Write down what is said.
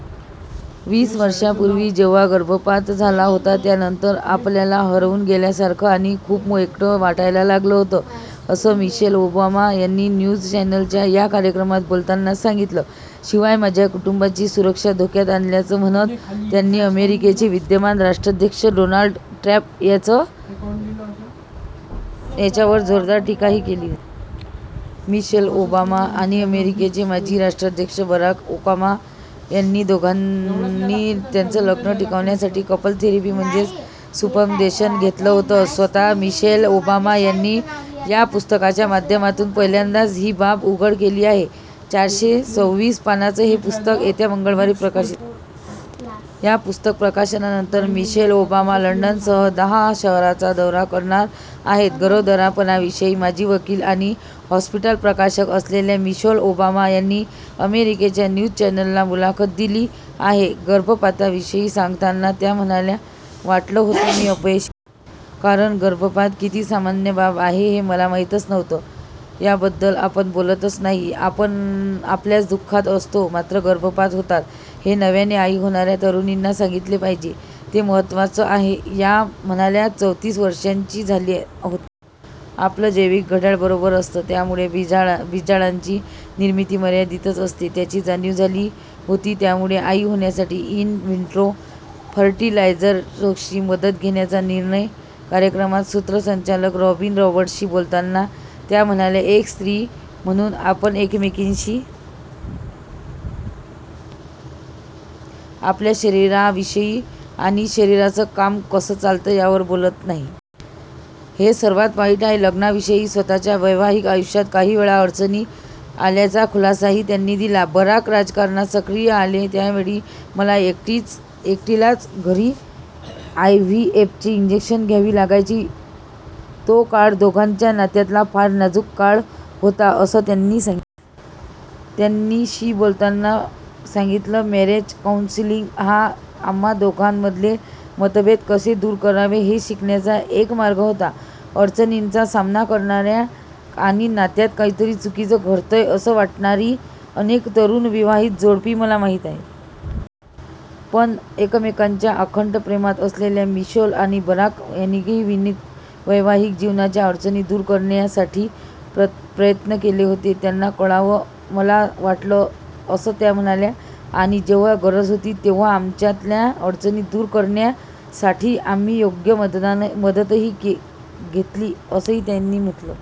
वीस वर्षांपूर्वी जेव्हा गर्भपात झाला होता त्यानंतर आपल्याला हरवून गेल्यासारखं आणि खूप एकटं वाटायला लागलं होतं, असं मिशेल ओबामा यांनी न्यूज चॅनलच्या या कार्यक्रमात बोलताना सांगितलं. शिवाय माझ्या कुटुंबाची सुरक्षा धोक्यात आणल्याचं' म्हणत त्यांनी अमेरिकेचे विद्यमान राष्ट्राध्यक्ष डोनाल्ड ट्रम्प यांच्यावर जोरदार टीकाही केली होती. मिशेल ओबामा आणि अमेरिकेचे माजी राष्ट्राध्यक्ष बराक ओबामा या दोघांनी त्यांचं लग्नं टिकवण्यासाठी 'कपल थेरपी' म्हणजेच समुपदेशन घेतलं होतं. स्वतः मिशेल ओबामा यांनी या पुस्तकाच्या माध्यमातून पहिल्यांदाच ही बाब उघड केली आहे. चारशे सविस पानांचं हे पुस्तक येत्या मंगळवारी प्रकाशित. या पुस्तक प्रकाशनानंतर मिशेल ओबामा लंडनसह दहा शहरांचा दौरा करणार आहेत. गरोदरपणाविषयी माजी वकील आणि हॉस्पिटल प्रशासक असलेल्या मिशेल ओबामा यांनी अमेरिकेच्या न्यूज चॅनलला मुलाखत दिली आहे. गर्भपाताविषयी सांगताना त्या म्हणाल्या मला वाटलं होत मी अपयशी. कारण गर्भपात किती सामान्य बाब आहे हे मला माहितीच नव्हतं. याबद्दल आपण बोलतच नाही. आपण आपल्याच दुःखात असतो. मात्र गर्भपात होतात, हे नव्याने आई होणाऱ्या तरुणींना सांगितलं पाहिजे. ते महत्त्वाचं आहे. त्या म्हणाल्या चौतीस वर्षांची झाले आहे. आपलं जैविक घड्याळ बरोबर असतं. त्यामुळे बिजांडांची निर्मिती मर्यादितच असते याची जाणीव झाली होती. त्यामुळे आई होण्यासाठी इन-व्हिट्रो फर्टिलायझेशनची मदत घेण्याचा निर्णय घेतला. कार्यक्रमात सूत्रसंचालक रॉबिन रॉबर्टशी बोलताना त्या म्हणाला एक स्त्री म्हणून आपण एकमेकींशी आपल्या शरीराविषयी आणि शरीराच काम कसं चालतं यावर बोलत नाही. हे सर्वांत वाईट आहे. लग्नाविषयी स्वतःच्या वैवाहिक आयुष्यात काहीवेळा अडचणी आल्याचा खुलासाही त्यांनी केला. बराक राजकारणात सक्रीय झाले त्यावेळी मला एकटीलाच घरी आयव्हीएफचे इन्जेक्शन्स घ्यावी लागायची. तो काळ दोघांच्या नात्यातला फार नाजूक काळ होता असं त्यांनी सांगितलं. त्यांनी शी बोलताना सांगितलं, मॅरेज काउंसिलिंग हा आम्हा दोघांमधले मतभेद कसे दूर करावे, हे शिकण्याचा एक मार्ग होता. अडचणींचा सामना करणाऱ्या आणि नात्यात काहीतरी चुकीचं घडतंय, असं वाटणारी अनेक तरुण विवाहित जोडपी मला माहीत आहेत. पण एकमेकांच्या आकंठ प्रेमात असलेल्या मिशेल आणि बराक यांनीही वैवाहिक जीवनातल्या अडचणी दूर करण्यासाठी प्रयत्न केले होते, हे त्यांना कळावं असं मला वाटतं असं त्या म्हणाल्या. आणि जेव्हा गरज होती तेव्हा आमच्यातल्या अडचणी दूर करण्यासाठी आम्ही योग्य मदतही घेतली असंही त्यांनी म्हटलं.